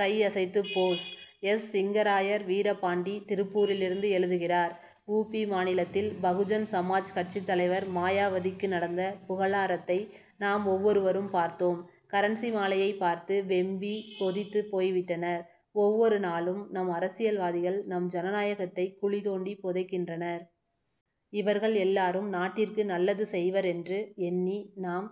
கை அசைத்து pose: S. Singarayar, Veerapandi, திருப்பூரிலிருந்து எழுதுகிறார்: உ. பி., மாநிலத்தில் பகுஜன் சமாஜ் கட்சித் தலைவர் மாயாவதிக்கு நடந்த புகழாரத்தை, நாம் ஒவ்வொருவரும் பார்த்தோம். கரன்சி மாலையைப் பார்த்து வெம்பி, கொதித்து போய்விட்டனர். ஒவ்வொரு நாளும் நம் அரசியல்வாதிகள், நம் ஜனநாயகத்தை குழி தோண்டி புதைக்கின்றனர். இவர்கள் எல்லாரும் நாட்டிற்கு நல்லது செய்வர் என்று எண்ணி, நாம்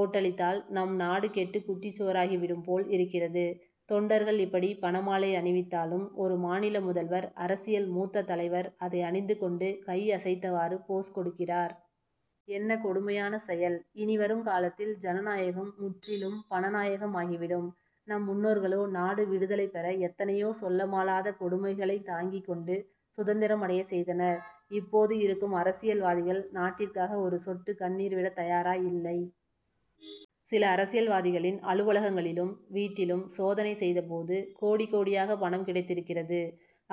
ஓட்டளித்தால், நம் நாடு கெட்டு குட்டிச் சுவராகிவிடும் போல் இருக்கிறது. தொண்டர்கள் இப்படி பணமாலை அணிவித்தாலும், ஒரு மாநில முதல்வர், அரசியல் மூத்த தலைவர் அதை அணிந்து கொண்டு, கை அசைத்தவாறு போஸ் கொடுக்கிறார். என்ன கொடுமையான செயல்? இனிவரும் காலத்தில், ஜனநாயகம் முற்றிலும் பணநாயகம் ஆகிவிடும். நம் முன்னோர்களோ, நாடு விடுதலை பெற, எத்தனையோ சொல்ல மாளாத கொடுமைகளை தாங்கிக் கொண்டு, சுதந்திரம் அடைய செய்தனர். இப்போது இருக்கும் அரசியல்வாதிகள், நாட்டிற்காக ஒரு சொட்டு கண்ணீர் விடத் தயாராய் இல்லை. சில அரசியல்வாதிகளின் அலுவலகங்களிலும், வீட்டிலும் சோதனை செய்தபோது, கோடி கோடியாக பணம் கிடைத்திருக்கிறது.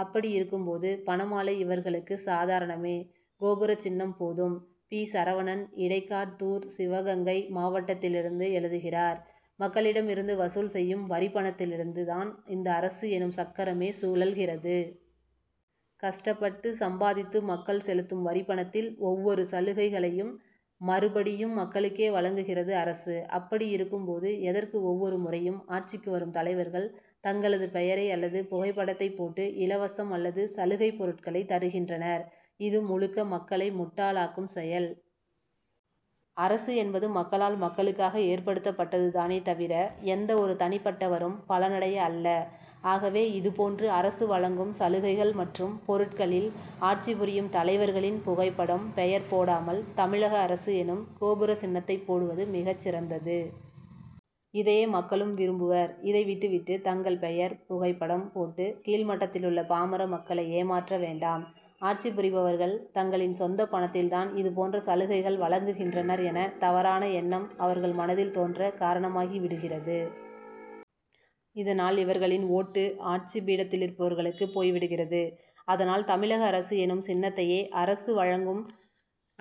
அப்படி இருக்கும் போது, பணமாலை இவர்களுக்கு சாதாரணமே. கோபுர சின்னம் போதும்! பி. சரவணன், இடைக்காட் டூர், சிவகங்கை மாவட்டத்திலிருந்து எழுதுகிறார்: மக்களிடம் இருந்து வசூல் செய்யும் வரிப்பணத்திலிருந்து தான், இந்த அரசு எனும் சக்கரமே சுழல்கிறது. கஷ்டப்பட்டு சம் பாதித்து மக்கள் செலுத்தும் வரிப்பணத்தில், ஒவ்வொரு சலுகைகளையும் மறுபடியும் மக்களுக்கே வழங்குகிறது அரசு. அப்படி இருக்கும் போது, எதற்கு ஒவ்வொரு முறையும் ஆட்சிக்கு வரும் தலைவர்கள், தங்களது பெயரை அல்லது புகைப்படத்தைப் போட்டு, இலவசம் அல்லது சலுகைப் பொருட்களை தருகின்றனர்? இது, முழுக்க மக்களை முட்டாளாக்கும் செயல். அரசு என்பதே மக்களால் மக் களுக்காக ஏற்படுத்தப்பட் டது தானே தவிர, எந்த ஒரு தனிப்பட்டவரும் பலனடைய அல்ல. ஆகவே, இதுபோன்று அரசு வழங்கும் சலுகைகள் மற்றும் பொருட்களில் ஆட்சி புரியும் தலைவர்களின் புகைப்படம், பெயர் போடாமல், தமிழக அரசு எனும் கோபுர சின்னத்தை போடுவது மிகச் சிறந்தது. இதையே மக்களும் விரும் புவர். இதை விட்டு விட்டு, தங்கள் பெயர், புகைப்படம் போட்டு, கீழ்மட்டத்திலுள்ள பாமர மக்களை ஏமாற்ற வேண்டாம். ஆட்சி புரிபவர்கள், தங்களின் சொந்த பணத்தில் தான், இது போன்ற சலுகைகள் வழங்குகின்றனர் என தவறான எண்ணம், அவர்கள் மனதில் தோன்ற காரணமாகி விடுகிறது. இதனால், இவர்களின் ஓட்டு, ஆட்சி பீடத்திலிருப்பவர்களுக்கு போய்விடுகிறது. அதனால், தமிழக அரசு எனும் சின்னத்தையே அரசு வழங்கும்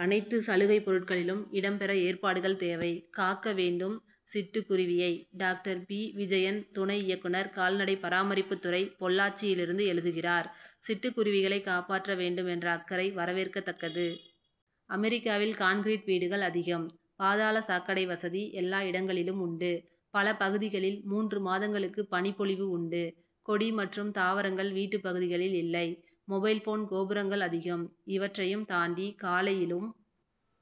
அனைத்து சலு கை, பொருட்களிலும் இடம் பெற ஏற்பாடுகள் தேவை. காக்க வேண்டும் சிட்டு குருவியை:டாக்டர் பி. விஜயன், துணை இயக்குனர், கால்நடை பராமரிப்புத் துறை, பொள்ளாச்சியிலிருந்து எழுதுகிறார்: சிட்டுக் குருவிகளை காப்பாற்ற வேண்டும் என்ற அக்கறை வரவேற்கத்தக்கது. அமெரிக்காவில் கான்கிரீட் வீடுகள் அதிகம். பாதாள சாக் கடை வசதி, எல்லா இடங்களிலும் உண்டு. பல பகுதிகளில், மூன்று மாதங்களுக்கு பனிப் பொழிவு உண்டு. கொடி மற்றும் தாவரங்கள் வீட்டுப் பகுதிகளில் இல்லை; மொபைல் போன் கோபுரங் கள் அதிகம். இவற்றையும் தாண்டி, காலையிலும்,